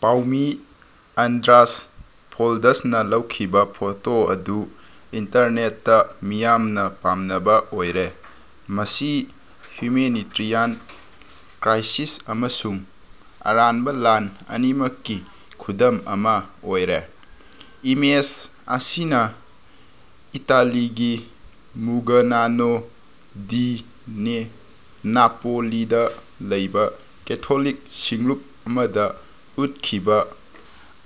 ꯄꯥꯎꯃꯤ Andras ꯐꯣꯜꯗꯁꯅꯥ ꯂꯧꯈꯤꯕꯥ photo ꯑꯗꯨ ꯏꯟꯇꯔꯅꯦꯠꯇꯥ ꯃꯤꯌꯥꯝꯅꯥ ꯄꯥꯝꯅꯕꯥ ꯑꯣꯏꯔꯦ꯫ ꯃꯁꯤ ꯍ꯭ꯌꯨꯃꯦꯅꯤꯇꯔꯤꯌꯥꯟ ꯀ꯭ꯔꯥꯏꯁꯤꯁ ꯑꯃꯁꯨꯡ ꯑꯔꯥꯟꯕꯥ ꯂꯥꯟ ꯑꯅꯤꯃꯛꯀꯤ ꯈꯨꯗꯝ ꯑꯃꯥ ꯑꯣꯏꯔꯦ꯫ ꯏꯃꯦꯖ ꯑꯁꯤꯅꯥ ꯏꯇꯥꯂꯤꯒꯤ ꯃꯨꯒꯅꯥꯅꯣ ꯗꯤ ꯅꯦ ꯅꯥꯄꯣꯂꯤꯗꯥ ꯂꯩꯕꯥ ꯀꯦꯊꯣꯂꯤꯛ ꯁꯤꯡꯂꯨꯞ ꯑꯃꯗꯥ ꯎꯠꯈꯤꯕꯥ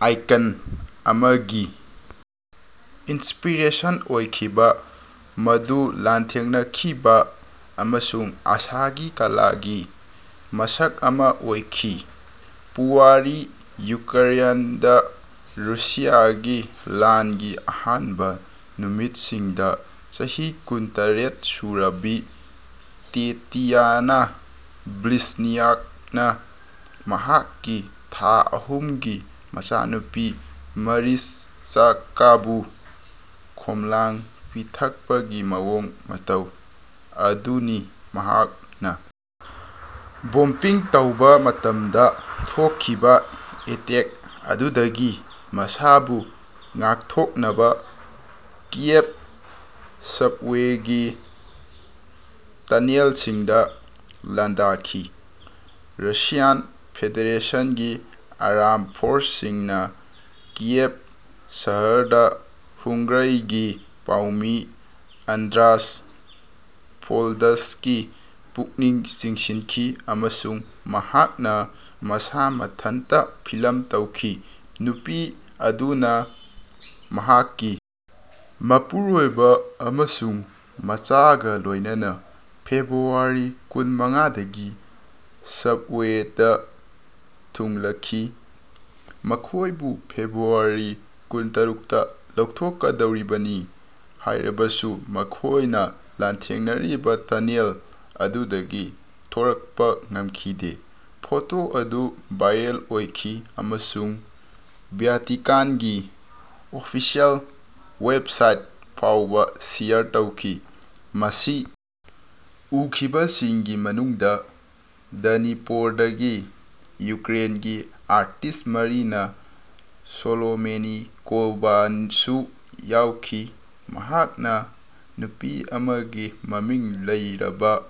ꯑꯥꯏꯀꯟ ꯑꯃꯒꯤ ꯏꯟꯁꯄꯤꯔꯦꯁꯟ ꯑꯣꯏꯈꯤ ꯃꯗꯨ ꯂꯥꯟꯊꯦꯡꯅꯈꯤꯕꯥ ꯑꯃꯁꯨꯡ ꯑꯥꯁꯥꯒꯤ ꯀꯂꯥꯒꯤ ꯃꯁꯛ ꯑꯃꯥ ꯑꯣꯏꯈꯤ꯫ ꯄꯨꯋꯥꯔꯤ ꯌꯨꯀ꯭ꯔꯦꯟꯗꯥ ꯔꯨꯁꯤꯌꯥꯒꯤ ꯂꯥꯟꯒꯤ ꯑꯍꯥꯟꯕꯥ ꯅꯨꯃꯤꯠꯁꯤꯡꯗꯥ ꯆꯍꯤ ꯀꯨꯟ ꯇꯔꯦꯠ ꯁꯨꯔꯕꯤ ꯇꯦꯇꯤꯌꯥꯅꯥ ꯕ꯭ꯂꯤꯖꯅꯤꯌꯥꯛꯅꯥ ꯃꯍꯥꯛꯀꯤ ꯊꯥ ꯑꯍꯨꯝꯒꯤ ꯃꯆꯥꯅꯨꯄꯤ ꯃꯔꯤꯆꯀꯥꯕꯨ ꯈꯣꯝꯂꯥꯡ ꯄꯤꯊꯛꯄꯒꯤ ꯃꯑꯣꯡ ꯃꯇꯧ ꯑꯗꯨꯅꯤ ꯃꯍꯥꯛꯅꯥ ꯕꯣꯝꯕꯤꯡ ꯇꯧꯕꯥ ꯃꯇꯝꯗꯥ ꯊꯣꯛꯈꯤꯕꯥ ꯑꯦꯇꯦꯛ ꯑꯗꯨꯗꯒꯤ ꯃꯁꯥꯕꯨ ꯉꯥꯛꯊꯣꯛꯅꯕꯥ ꯀꯤꯌꯦꯚ ꯁꯕꯋꯦꯒꯤ ꯇꯅꯦꯜꯁꯤꯡꯗꯥ ꯂꯥꯟꯗꯥꯈꯤ꯫ ꯔꯁꯤꯌꯥꯟ ꯐꯦꯗꯦꯔꯦꯁꯟꯒꯤ ꯑꯥꯔꯝ ꯐꯣꯔꯁꯁꯤꯡꯅꯥ ꯀꯤꯌꯦꯚ ꯁꯍꯔꯗꯥ ꯍꯨꯉ꯭ꯒꯥꯔꯩꯒꯤ ꯄꯥꯎꯃꯤ ꯑꯥꯟꯗ꯭ꯔꯥꯁ ꯐꯣꯜꯗꯁꯀꯤ ꯄꯨꯛꯅꯤꯡ ꯆꯤꯡꯁꯤꯟꯈꯤ ꯑꯃꯁꯨꯡ ꯃꯍꯥꯛꯅꯥ ꯃꯁꯥ ꯃꯊꯟꯇꯥ ꯐꯤꯂꯝ ꯇꯧꯈꯤ꯫ ꯅꯨꯄꯤ ꯑꯗꯨꯅꯥ ꯃꯍꯥꯛꯀꯤ ꯃꯄꯨꯔꯣꯏꯕꯥ ꯑꯃꯁꯨꯡ ꯃꯆꯥꯒꯥ ꯂꯣꯏꯅꯅꯥ ꯐꯦꯕ꯭ꯔꯨꯋꯥꯔꯤ ꯀꯨꯟ ꯃꯉꯥꯗꯒꯤ ꯁꯕꯋꯦꯗꯥ ꯊꯨꯡꯂꯈꯤ ꯃꯈꯣꯏꯕꯨ ꯐꯦꯕ꯭ꯔꯨꯋꯥꯔꯤ ꯀꯨꯟ ꯇꯔꯨꯛꯇꯥ ꯂꯧꯊꯣꯛꯛꯗꯧꯔꯤꯕꯅꯤ ꯍꯥꯏꯔꯕꯁꯨ ꯃꯈꯣꯏꯅꯥ ꯂꯥꯟꯊꯦꯡꯅꯔꯤꯕꯥ ꯇꯅꯦꯜ ꯑꯗꯨꯗꯒꯤ ꯊꯣꯔꯛꯄꯥ ꯉꯝꯈꯤꯗꯦ꯫ ꯐꯣꯇꯣ ꯑꯗꯨ ꯚꯥꯏꯔꯜ ꯑꯣꯏꯈꯤ ꯑꯃꯁꯨꯡ ꯚ꯭ꯌꯥꯇꯤꯀꯥꯟꯒꯤ ꯑꯣꯐꯤꯁꯤꯑꯦꯜ ꯋꯦꯕꯁꯥꯏꯠ ꯐꯥꯎꯕꯥ ꯁꯦꯌꯔ ꯇꯧꯈꯤ꯫ ꯃꯁꯤ ꯎꯈꯤꯕꯁꯤꯡꯒꯤ ꯃꯅꯨꯡꯗꯥ ꯗ꯭ꯅꯤꯄꯣꯔꯗꯒꯤ ꯌꯨꯀ꯭ꯔꯦꯟꯒꯤ ꯑꯥꯔꯇꯤꯁ꯭ꯠ ꯃꯔꯤꯅꯥ ꯁꯣꯂꯣꯃꯦꯅꯤꯀꯣꯚꯥꯟꯁꯨ ꯌꯥꯎꯈꯤ꯫ ꯃꯍꯥꯛꯅꯥ ꯅꯨꯄꯤ ꯑꯃꯒꯤ ꯃꯃꯤꯡ ꯂꯩꯔꯕꯥ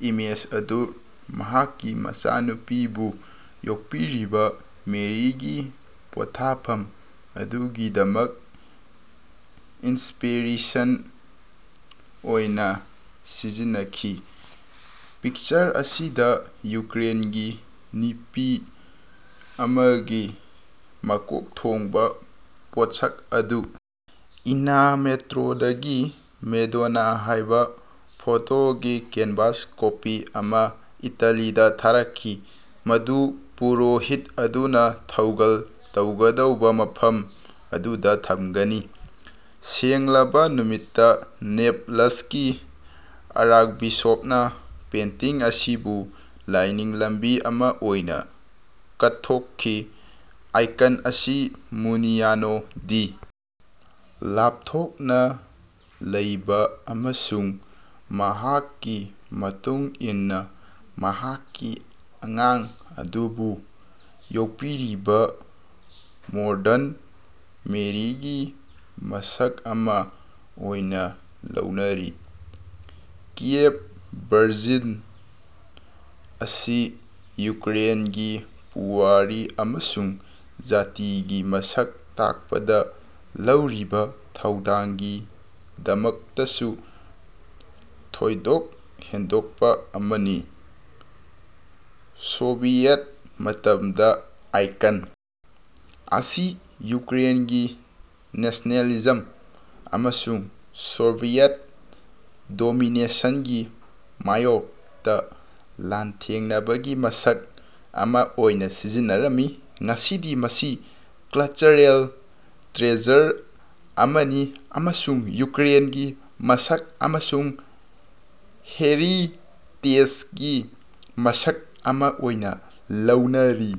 ꯏꯃꯦꯖ ꯑꯗꯨ ꯃꯍꯥꯛꯀꯤ ꯃꯆꯥꯅꯨꯄꯤꯕꯨ ꯌꯣꯛꯄꯤꯔꯤꯕꯥ ꯃꯦꯔꯤꯒꯤ ꯄꯣꯠꯊꯥꯐꯝ ꯑꯗꯨꯒꯤꯗꯃꯛ ꯏꯟꯁꯄꯤꯔꯦꯁꯟ ꯑꯣꯏꯅꯥ ꯁꯤꯖꯤꯟꯅꯈꯤ꯫ ꯄꯤꯛꯆꯔ ꯑꯁꯤꯗꯥ ꯌꯨꯀ꯭ꯔꯦꯟꯒꯤ ꯅꯤꯄꯤ ꯑꯃꯒꯤ ꯃꯀꯣꯛ ꯊꯣꯡꯕꯥ ꯄꯣꯠꯁꯛ ꯑꯗꯨ ꯏꯟꯅꯥ ꯃꯦꯇ꯭ꯔꯣꯗꯒꯤ ꯃꯦꯗꯣꯅꯥ ꯍꯥꯏꯕꯥ ꯐꯣꯇꯣꯒꯤ ꯀꯦꯟꯚꯥꯁ ꯀꯣꯄꯤ ꯑꯃꯥ ꯏꯇꯥꯂꯤꯗꯥ ꯊꯥꯔꯛꯈꯤ ꯃꯗꯨ ꯄꯨꯔꯣꯍꯤꯠ ꯑꯗꯨꯅꯥ ꯊꯧꯒꯜ ꯇꯧꯒꯗꯕꯥ ꯃꯐꯝ ꯑꯗꯨꯗꯥ ꯊꯝꯒꯅꯤ꯫ ꯁꯦꯡꯂꯕꯥ ꯅꯨꯃꯤꯠꯇꯥ ꯅꯦꯄꯂꯁꯀꯤ ꯑꯥꯔ꯭ꯛꯕꯤꯁꯣꯞꯅꯥ ꯄꯦꯟꯇꯤꯡ ꯑꯁꯤꯕꯨ ꯂꯥꯏꯅꯤꯡ ꯂꯝꯕꯤ ꯑꯃꯥ ꯑꯣꯏꯅꯥ ꯀꯠꯊꯣꯛꯈꯤ꯫ ꯑꯥꯏꯀꯟ ꯑꯁꯤ ꯃꯨꯅꯤꯌꯥꯅꯣ ꯗꯤ ꯂꯥꯞꯊꯣꯛꯅꯥ ꯂꯩꯕꯥ ꯑꯃꯁꯨꯡ ꯃꯍꯥꯛꯀꯤ ꯃꯇꯨꯡ ꯏꯟꯅꯥ ꯃꯍꯥꯛꯀꯤ ꯑꯉꯥꯡ ꯑꯗꯨꯕꯨ ꯌꯣꯛꯄꯤꯔꯤꯕꯥ ꯃꯣꯗꯔꯟ ꯃꯦꯔꯤꯒꯤ ꯃꯁꯛ ꯑꯃꯥ ꯑꯣꯏꯅꯥ ꯂꯧꯅꯔꯤ꯫ ꯀꯤꯌꯦꯚ ꯚꯔꯖꯤꯟ ꯑꯁꯤ ꯌꯨꯀ꯭ꯔꯦꯟꯒꯤ ꯄꯨꯋꯥꯔꯤ ꯑꯃꯁꯨꯡ ꯖꯥꯇꯤꯒꯤ ꯃꯁꯛ ꯇꯥꯛꯄꯗꯥ ꯂꯧꯔꯤꯕꯥ ꯊꯧꯗꯥꯡꯒꯤꯗꯃꯛꯇꯁꯨ ꯊꯣꯏꯗꯣꯛ ꯍꯦꯟꯗꯣꯛꯄꯥ ꯑꯃꯅꯤ꯫ ꯁꯣꯚꯤꯌꯦꯠ ꯃꯇꯝꯗꯥ ꯑꯥꯏꯀꯟ ꯑꯁꯤ ꯌꯨꯀ꯭ꯔꯦꯟꯒꯤ ꯅꯦꯁꯅꯦꯂꯤꯖꯝ ꯑꯃꯁꯨꯡ ꯁꯣꯚꯤꯌꯦꯠ ꯗꯣꯃꯤꯅꯦꯁꯟꯒꯤ ꯃꯥꯌꯣꯛꯇꯥ ꯂꯥꯟꯊꯦꯡꯅꯕꯒꯤ ꯃꯁꯛ ꯑꯃꯥ ꯑꯣꯏꯅꯥ ꯁꯤꯖꯤꯟꯅꯔꯝꯃꯤ꯫ ꯉꯁꯤꯗꯤ ꯃꯁꯤ ꯀꯂꯆꯔꯦꯜ ꯇ꯭ꯔꯦꯖꯔ ꯑꯃꯅꯤ ꯑꯃꯁꯨꯡ ꯌꯨꯀ꯭ꯔꯦꯟꯒꯤ ꯃꯁꯛ ꯑꯃꯁꯨꯡ ꯍꯦꯔꯤꯇꯦꯖꯒꯤ ꯃꯁꯛ ꯑꯃꯥ ꯑꯣꯏꯅꯥ ꯂꯧꯅꯔꯤ꯫